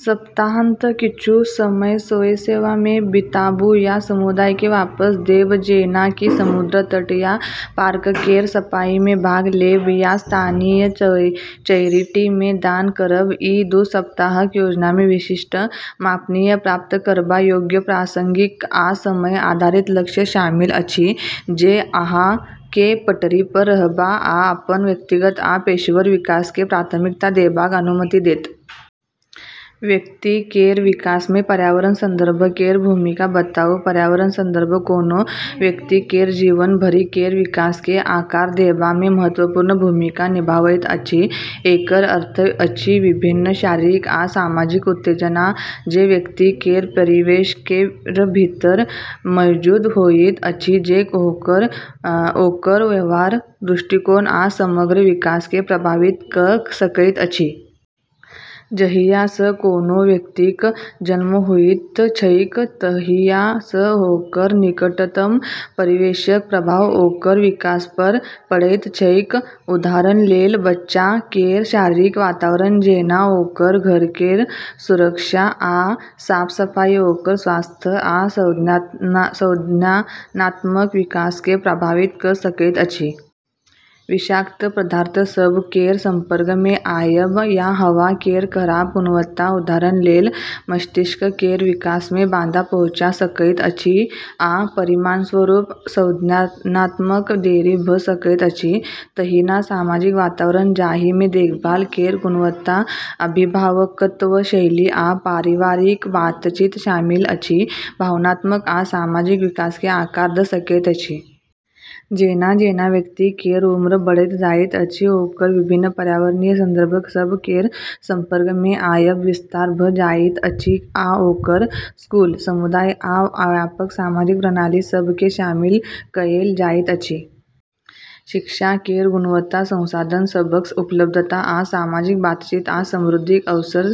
(विशिष्ट, मापनीय, साध्य) सप्ताहांत: किछु समय स्वयंसेवा मे बिताबू या समुदाय केँ वापस देब, जेना कि समुद्र तट या पार्क केर सफाई मे भाग लेब या स्थानीय चैरिटी मे दान करब। ई दू सप्ताहक योजना मे विशिष्ट, मापनीय, प्राप्त करबा योग्य, प्रासंगिक, आ समय आधारित लक्ष्य शामिल अछि, जे अहाँ केँ पटरी पर रहबा आ अपन व्यक्तिगत आ पेशेवर विकास केँ प्राथमिकता देबाक अनुमति देत। व्यक्ति केर विकास मे पर्यावरण संदर्भ केर भूमिका बताऊ। पर्यावरण संदर्भ कोनो व्यक्ति केर जीवन भरि केर विकास केँ आकार देबा मे महत्वपूर्ण भूमिका निभावैत अछि। एकर अर्थ अछि विभिन्न शारीरिक आ सामाजिक उत्तेजना जे व्यक्ति केर परिवेश केर भीतर मौजूद होइत अछि, जे ओकर व्यवहार, दृष्टिकोण आ समग्र विकास केँ प्रभावित कऽ सकैत अछि। जहिया सँ कोनो व्यक्तिक जन्म होइत छैक तहिया सँ ओकर निकटतम परिवेशक प्रभाव ओकर विकास पर पड़ैत छैक। उदाहरण लेल, बच्चा केर शारीरिक वातावरण, जेना ओकर घर केर सुरक्षा आ साफ-सफाई, ओकर स्वास्थ्य आ संज्ञानात्मक विकास केँ प्रभावित कऽ सकैत अछि। विषाक्त पदार्थ सभ केर संपर्क मे आयब या हवा केर खराब गुणवत्ता, उदाहरण लेल, मस्तिष्क केर विकास मे बाधा पहुँचा सकैत अछि आ परिणामस्वरूप संज्ञानात्मक देरी भऽ सकैत अछि। तहिना सामाजिक वातावरण, जाहि मे देखभाल केर गुणवत्ता, अभिभावकत्व शैली, आ पारिवारिक बातचीत शामिल अछि, भावनात्मक आ सामाजिक विकास केँ आकार द' सकैत अछि। जेना-जेना व्यक्ति केर उम्र बढ़ैत जाइत अछि, ओकर विभिन्न पर्यावरणीय संदर्भ सभ केर संपर्क मे आयब विस्तार भऽ जाइत अछि आ ओकर स्कूल, समुदाय आ व्यापक सामाजिक प्रणाली सभ केँ शामिल कएल जाइत अछि। शिक्षा केर गुणवत्ता, संसाधन सभक उपलब्धता, आ सामाजिक बातचीत आ समृद्धिक अवसर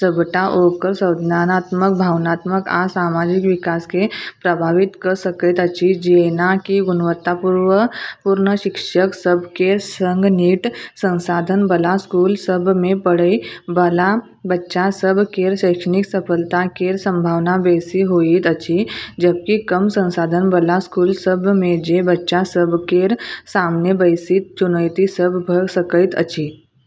सभटा ओकर संज्ञानात्मक, भावनात्मक, आ सामाजिक विकास केँ प्रभावित कऽ सकैत अछि। जेना कि गुणवत्तापूर्ण शिक्षक सभ केर सँग नीक संसाधन बला स्कूल सभ मे पढ़ै बला बच्चा सभ केर शैक्षणिक सफलता केर संभावना बेसी होइत अछि, जबकि कम संसाधन बला स्कूल सभ मे जे बच्चा सभ केर सामने बेसी चुनौती सभ भऽ सकैत अछि।